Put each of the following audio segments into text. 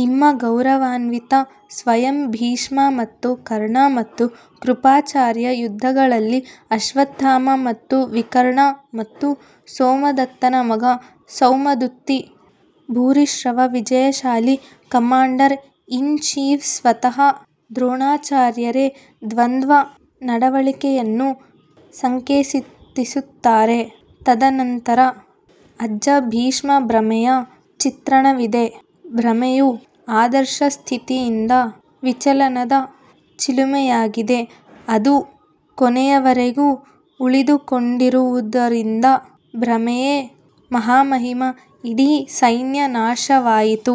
ನಿಮ್ಮ ಗೌರವಾನ್ವಿತ ಸ್ವಯಂ ಭೀಷ್ಮ ಮತ್ತು ಕರ್ಣ ಮತ್ತು ಕೃಪಾಚಾರ್ಯ ಯುದ್ಧಗಳಲ್ಲಿ ಅಶ್ವತ್ಥಾಮ ಮತ್ತು ವಿಕರ್ಣ ಮತ್ತು ಸೋಮದತ್ತನ ಮಗ ಸೌಮದುತ್ತಿ ಭೂರಿಶ್ರವ ವಿಜಯಶಾಲಿ ಕಮಾಂಡರ್ ಇನ್ ಚೀಫ್ ಸ್ವತಃ ದ್ರೋಣಾಚಾರ್ಯರೇ ದ್ವಂದ್ವ ನಡವಳಿಕೆಯನ್ನು ಸಂಕೇತಿಸುತ್ತಾರೆ ತದನಂತರ ಅಜ್ಜ ಭೀಷ್ಮ್ ಭ್ರಮೆಯ ಚಿತ್ರಣವಿದೆ ಭ್ರಮೆಯು ಆದರ್ಶ ಸ್ಥಿತಿಯಿಂದ ವಿಚಲನದ ಚಿಲುಮೆಯಾಗಿದೆ ಅದು ಕೊನೆಯವರೆಗೂ ಉಳಿದುಕೊಂಡಿರುವುದರಿಂದ ಭ್ರಮೆಯೇ ಮಹಾಮಹಿಮ ಇಡೀ ಸೈನ್ಯ ನಾಶವಾಯಿತು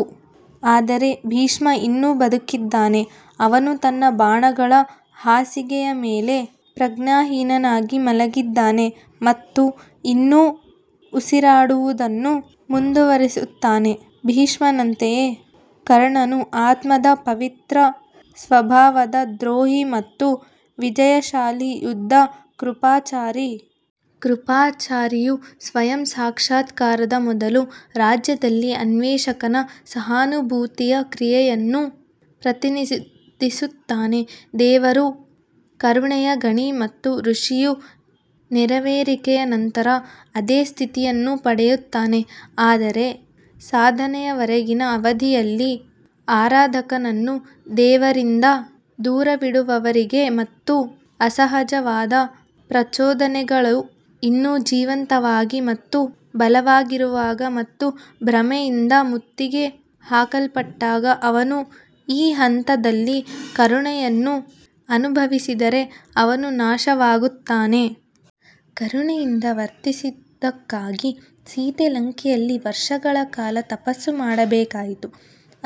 ಆದರೆ ಭೀಷ್ಮ ಇನ್ನೂ ಬದುಕಿದ್ದಾನೆ ಅವನು ತನ್ನ ಬಾಣಗಳ ಹಾಸಿಗೆಯ ಮೇಲೆ ಪ್ರಜ್ಞಾಹೀನನಾಗಿ ಮಲಗಿದ್ದಾನೆ ಮತ್ತು ಇನ್ನೂ ಉಸಿರಾಡುವುದನ್ನು ಮುಂದುವರಿಸುತ್ತಾನೆ ಭೀಷ್ಮನಂತೆಯೇ ಕರ್ಣನು ಆತ್ಮದ ಪವಿತ್ರ ಸ್ವಭಾವದ ದ್ರೋಹಿ ಮತ್ತು ವಿಜಯಶಾಲಿ ಯೋಧ ಕೃಪಾಚಾರಿ. ಕೃಪಾಚಾರಿಯು ಸ್ವಯಂ ಸಾಕ್ಷಾತ್ಕಾರದ ಮೊದಲು ರಾಜ್ಯದಲ್ಲಿ ಅನ್ವೇಷಕನ ಸಹಾನುಭೂತಿಯ ಕ್ರಿಯೆಯನ್ನು ಪ್ರತಿನಿಧಿಸುತ್ತಾನೆ ದೇವರು ಕರುಣೆಯ ಗಣಿ ಮತ್ತು ಋಷಿಯು ನೆರವೇರಿಕೆಯ ನಂತರ ಅದೇ ಸ್ಥಿತಿಯನ್ನು ಪಡೆಯುತ್ತಾನೆ ಆದರೆ ಸಾಧನೆಯವರೆಗಿನ ಅವಧಿಯಲ್ಲಿ, ಆರಾಧಕನನ್ನು ದೇವರಿಂದ ದೂರವಿಡುವವರೆಗೆ ಮತ್ತು ಅಸಹಜವಾದ ಪ್ರಚೋದನೆಗಳು ಇನ್ನೂ ಜೀವಂತವಾಗಿ ಮತ್ತು ಬಲವಾಗಿರುವಾಗ ಮತ್ತು ಭ್ರಮೆಯಿಂದ ಮುತ್ತಿಗೆ ಹಾಕಲ್ಪಟ್ಟಾಗ ಅವನು ಈ ಹಂತದಲ್ಲಿ ಕರುಣೆಯನ್ನು ಅನುಭವಿಸಿದರೆ ಅವನು ನಾಶವಾಗುತ್ತಾನೆ. ಕರುಣೆಯಿಂದ ವರ್ತಿಸಿದ್ದಕ್ಕಾಗಿ ಸೀತೆ ಲಂಕೆಯಲ್ಲಿ ವರ್ಷಗಳ ಕಾಲ ತಪಸ್ಸು ಮಾಡಬೇಕಾಯಿತು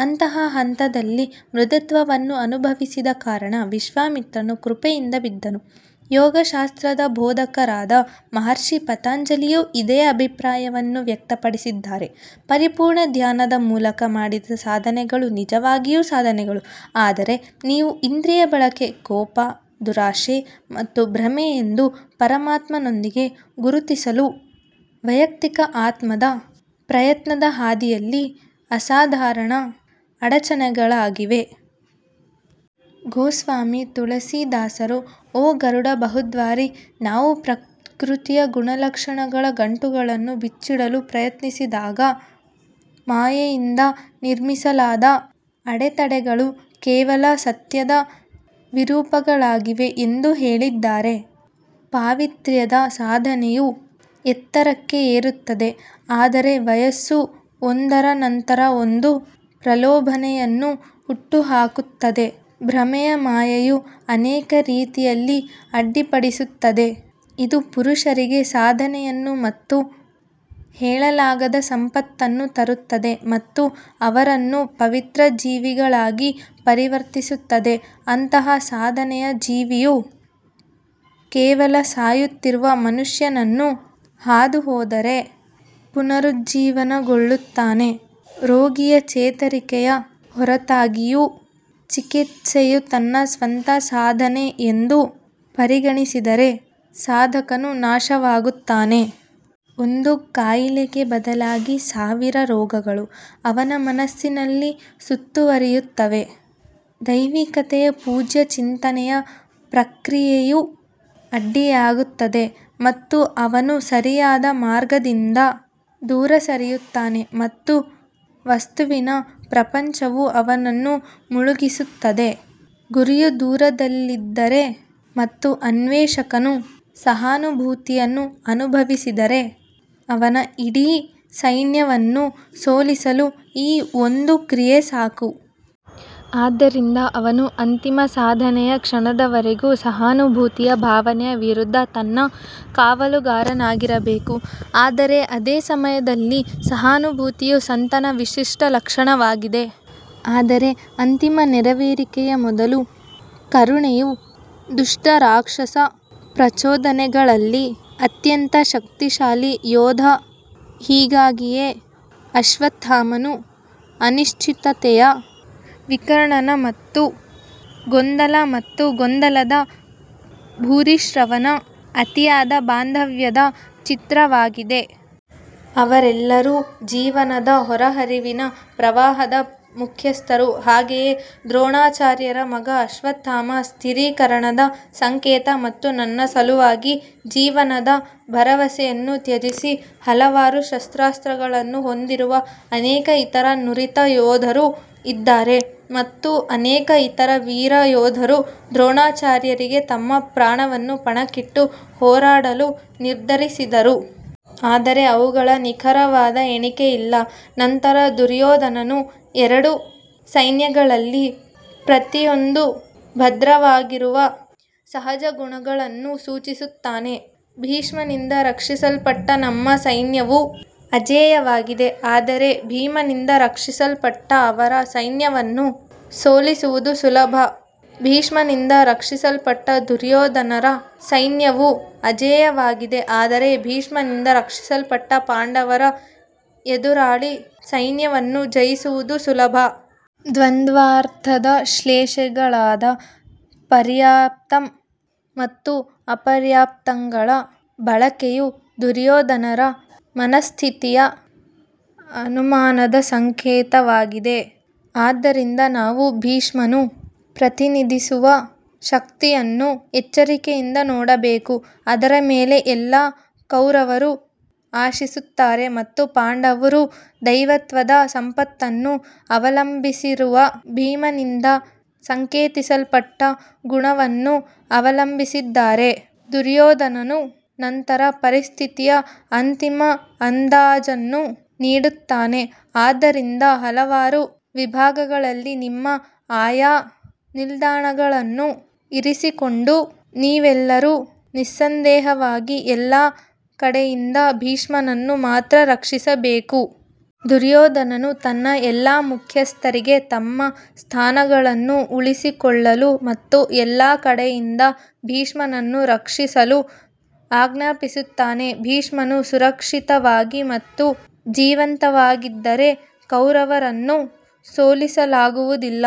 ಅಂತಹ ಹಂತದಲ್ಲಿ ಮೃದುತ್ವವನ್ನು ಅನುಭವಿಸಿದ ಕಾರಣ ವಿಶ್ವಾಮಿತ್ರನು ಕೃಪೆಯಿಂದ ಬಿದ್ದನು ಯೋಗಶಾಸ್ತ್ರದ ಬೋಧಕರಾದ ಮಹರ್ಷಿ ಪತಂಜಲಿಯು ಇದೇ ಅಭಿಪ್ರಾಯವನ್ನು ವ್ಯಕ್ತಪಡಿಸಿದ್ದಾರೆ ಪರಿಪೂರ್ಣ ಧ್ಯಾನದ ಮೂಲಕ ಮಾಡಿದ ಸಾಧನೆಗಳು ನಿಜವಾಗಿಯೂ ಸಾಧನೆಗಳು ಆದರೆ ಅವು ಇಂದ್ರಿಯ ಬಯಕೆ ಕೋಪ ದುರಾಶೆ ಮತ್ತು ಭ್ರಮೆ ಎಂದು ಪರಮಾತ್ಮನೊಂದಿಗೆ ಗುರುತಿಸಲು ವೈಯಕ್ತಿಕ ಆತ್ಮದ ಪ್ರಯತ್ನದ ಹಾದಿಯಲ್ಲಿ ಅಸಾಧಾರಣ ಅಡಚಣೆಗಳಾಗಿವೆ. ಗೋಸ್ವಾಮಿ ತುಳಸಿದಾಸರು, ಓ ಗರುಡ ಬಹುದ್ವಾರಿ, ನಾವು ಪ್ರಕೃತಿಯ ಗುಣಲಕ್ಷಣಗಳ ಗಂಟುಗಳನ್ನು ಬಿಚ್ಚಿಡಲು ಪ್ರಯತ್ನಿಸಿದಾಗ ಮಾಯೆಯಿಂದ ನಿರ್ಮಿಸಲಾದ ಅಡೆತಡೆಗಳು ಕೇವಲ ಸತ್ಯದ ವಿರೂಪಗಳಾಗಿವೆ ಎಂದು ಹೇಳಿದ್ದಾರೆ. ಪಾವಿತ್ರ್ಯದ ಸಾಧನೆಯು ಎತ್ತರಕ್ಕೆ ಏರುತ್ತದೆ ಆದರೆ ಮನಸ್ಸು ಒಂದರ ನಂತರ ಒಂದು ಪ್ರಲೋಭನೆಯನ್ನು ಹುಟ್ಟುಹಾಕುತ್ತದೆ ಭ್ರಮೆಯ ಮಾಯೆಯು ಅನೇಕ ರೀತಿಯಲ್ಲಿ ಅಡ್ಡಿಪಡಿಸುತ್ತದೆ ಇದು ಪುರುಷರಿಗೆ ಸಾಧನೆಗಳನ್ನು ಮತ್ತು ಹೇಳಲಾಗದ ಸಂಪತ್ತನ್ನು ತರುತ್ತದೆ ಮತ್ತು ಅವರನ್ನು ಪವಿತ್ರ ಜೀವಿಗಳಾಗಿ ಪರಿವರ್ತಿಸುತ್ತದೆ ಅಂತಹ ಸಾಧನೆಯ ಜೀವಿಯು ಕೇವಲ ಸಾಯುತ್ತಿರುವ ಮನುಷ್ಯನನ್ನು ಹಾದುಹೋದರೆ ಪುನರುಜ್ಜೀವನಗೊಳ್ಳುತ್ತಾನೆ ರೋಗಿಯ ಚೇತರಿಕೆಯ ಹೊರತಾಗಿಯೂ, ಚಿಕಿತ್ಸೆಯು ತನ್ನ ಸ್ವಂತ ಸಾಧನೆ ಎಂದು ಪರಿಗಣಿಸಿದರೆ ಸಾಧಕನು ನಾಶವಾಗುತ್ತಾನೆ. ಒಂದು ಕಾಯಿಲೆಗೆ ಬದಲಾಗಿ ಸಾವಿರ ರೋಗಗಳು ಅವನ ಮನಸ್ಸಿನಲ್ಲಿ ಸುತ್ತುವರಿಯುತ್ತವೆ, ದೈವಿಕತೆಯ ಪೂಜ್ಯ ಚಿಂತನೆಯ ಪ್ರಕ್ರಿಯೆಯು ಅಡ್ಡಿಯಾಗುತ್ತದೆ ಮತ್ತು ಅವನು ಸರಿಯಾದ ಮಾರ್ಗದಿಂದ ದೂರ ಸರಿಯುತ್ತಾನೆ ಮತ್ತು ವಸ್ತುವಿನ ಪ್ರಪಂಚವು ಅವನನ್ನು ಮುಳುಗಿಸುತ್ತದೆ. ಗುರಿಯು ದೂರದಲ್ಲಿದ್ದರೆ ಮತ್ತು ಅನ್ವೇಷಕನು ಸಹಾನುಭೂತಿಯನ್ನು ಅನುಭವಿಸಿದರೆ, ಅವನ ಇಡೀ ಸೈನ್ಯವನ್ನು ಸೋಲಿಸಲು ಈ ಒಂದು ಕ್ರಿಯೆ ಸಾಕು. ಆದ್ದರಿಂದ ಅವನು ಅಂತಿಮ ಸಾಧನೆಯ ಕ್ಷಣದವರೆಗೂ ಸಹಾನುಭೂತಿಯ ಭಾವನೆಯ ವಿರುದ್ಧ ತನ್ನ ಕಾವಲುಗಾರನಾಗಿರಬೇಕು ಆದರೆ ಅದೇ ಸಮಯದಲ್ಲಿ ಸಹಾನುಭೂತಿಯು ಸಂತನ ವಿಶಿಷ್ಟ ಲಕ್ಷಣವಾಗಿದೆ. ಆದರೆ ಅಂತಿಮ ನೆರವೇರಿಕೆಯ ಮೊದಲು ಕರುಣೆಯು ದುಷ್ಟ ರಾಕ್ಷಸ ಪ್ರಚೋದನೆಗಳಲ್ಲಿ ಅತ್ಯಂತ ಶಕ್ತಿಶಾಲಿ ಯೋಧ ಹೀಗಾಗಿಯೇ ಅಶ್ವತ್ಥಾಮನು ಅನಿಶ್ಚಿತತೆಯ ವಿಕರ್ಣನ ಮತ್ತು ಗೊಂದಲ ಮತ್ತು ಗೊಂದಲದ ಭೂರಿಶ್ರವನ ಅತಿಯಾದ ಬಾಂಧವ್ಯದ ಚಿತ್ರವಾಗಿದೆ. ಅವರೆಲ್ಲರೂ ಜೀವನದ ಹೊರಹರಿವಿನ ಪ್ರವಾಹದ ಮುಖ್ಯಸ್ಥರು ಹಾಗೆಯೇ ದ್ರೋಣಾಚಾರ್ಯರ ಮಗ ಅಶ್ವತ್ಥಾಮ ಸ್ಥಿರೀಕರಣದ ಸಂಕೇತ ಮತ್ತು ನನ್ನ ಸಲುವಾಗಿ ಜೀವನದ ಭರವಸೆಯನ್ನು ತ್ಯಜಿಸಿದ ಹಲವಾರು ಶಸ್ತ್ರಾಸ್ತ್ರಗಳನ್ನು ಹೊಂದಿರುವ ಅನೇಕ ಇತರ ನುರಿತ ಯೋಧರು ಇದ್ದಾರೆ. ಮತ್ತು ಅನೇಕ ಇತರ ವೀರ ಯೋಧರು ದ್ರೋಣಾಚಾರ್ಯರಿಗೆ ತಮ್ಮ ಪ್ರಾಣವನ್ನು ಪಣಕ್ಕಿಟ್ಟು ಹೋರಾಡಲು ನಿರ್ಧರಿಸಿದರು. ಆದರೆ ಅವುಗಳ ನಿಖರವಾದ ಎಣಿಕೆ ಇಲ್ಲ ನಂತರ ದುರ್ಯೋಧನನು ಎರಡು ಸೈನ್ಯಗಳಲ್ಲಿ ಪ್ರತಿಯೊಂದೂ ಭದ್ರವಾಗಿರುವ ಸಹಜ ಗುಣಗಳನ್ನು ಸೂಚಿಸುತ್ತಾನೆ ಭೀಷ್ಮನಿಂದ ರಕ್ಷಿಸಲ್ಪಟ್ಟ ನಮ್ಮ ಸೈನ್ಯವು ಅಜೇಯವಾಗಿದೆ ಆದರೆ ಭೀಮನಿಂದ ರಕ್ಷಿಸಲ್ಪಟ್ಟ ಅವರ ಸೈನ್ಯವನ್ನು ಸೋಲಿಸುವುದು ಸುಲಭ ಭೀಷ್ಮನಿಂದ ರಕ್ಷಿಸಲ್ಪಟ್ಟ ದುರ್ಯೋಧನರ ಸೈನ್ಯವು ಅಜೇಯವಾಗಿದೆ ಆದರೆ ಭೀಮನಿಂದ ರಕ್ಷಿಸಲ್ಪಟ್ಟ ಪಾಂಡವರ ಎದುರಾಳಿ ಸೈನ್ಯವನ್ನು ಜಯಿಸುವುದು ಸುಲಭ. ದ್ವಂದ್ವಾರ್ಥದ ಶ್ಲೇಷೆಗಳಾದ ಪರ್ಯಾಪ್ತಂ ಮತ್ತು ಅಪರ್ಯಾಪ್ತಂಗಳ ಬಳಕೆಯು ದುರ್ಯೋಧನರ ಮನಃಸ್ಥಿತಿಯ ಅನುಮಾನದ ಸಂಕೇತವಾಗಿದೆ. ಆದ್ದರಿಂದ ನಾವು ಭೀಷ್ಮನು ಪ್ರತಿನಿಧಿಸುವ ಶಕ್ತಿಯನ್ನು ಎಚ್ಚರಿಕೆಯಿಂದ ನೋಡಬೇಕು, ಅದರ ಮೇಲೆ ಎಲ್ಲಾ ಕೌರವರು ಆಶಿಸುತ್ತಾರೆ ಮತ್ತು ಪಾಂಡವರು ದೈವತ್ವದ ಸಂಪತ್ತನ್ನು ಅವಲಂಬಿಸಿರುವ ಭೀಮನಿಂದ ಸಂಕೇತಿಸಲ್ಪಟ್ಟ ಗುಣವನ್ನು ಅವಲಂಬಿಸಿದ್ದಾರೆ. ದುರ್ಯೋಧನನು ನಂತರ ಪರಿಸ್ಥಿತಿಯ ಅಂತಿಮ ಅಂದಾಜನ್ನು ನೀಡುತ್ತಾನೆ ಆದ್ದರಿಂದ ಹಲವಾರು ವಿಭಾಗಗಳಲ್ಲಿ ನಿಮ್ಮ ಆಯಾ ನಿಲ್ದಾಣಗಳನ್ನು ಇರಿಸಿಕೊಂಡು ನೀವೆಲ್ಲರೂ ನಿಸ್ಸಂದೇಹವಾಗಿ ಎಲ್ಲಾ ಕಡೆಯಿಂದ ಭೀಷ್ಮನನ್ನು ಮಾತ್ರ ರಕ್ಷಿಸಬೇಕು. ದುರ್ಯೋಧನನು ತನ್ನ ಎಲ್ಲಾ ಮುಖ್ಯಸ್ಥರಿಗೆ ತಮ್ಮ ಸ್ಥಾನಗಳನ್ನು ಉಳಿಸಿಕೊಳ್ಳಲು ಮತ್ತು ಎಲ್ಲಾ ಕಡೆಯಿಂದ ಭೀಷ್ಮನನ್ನು ರಕ್ಷಿಸಲು ಆಜ್ಞಾಪಿಸುತ್ತಾನೆ ಭೀಷ್ಮನು ಸುರಕ್ಷಿತವಾಗಿ ಮತ್ತು ಜೀವಂತವಾಗಿದ್ದರೆ ಕೌರವರನ್ನು ಸೋಲಿಸಲಾಗುವುದಿಲ್ಲ.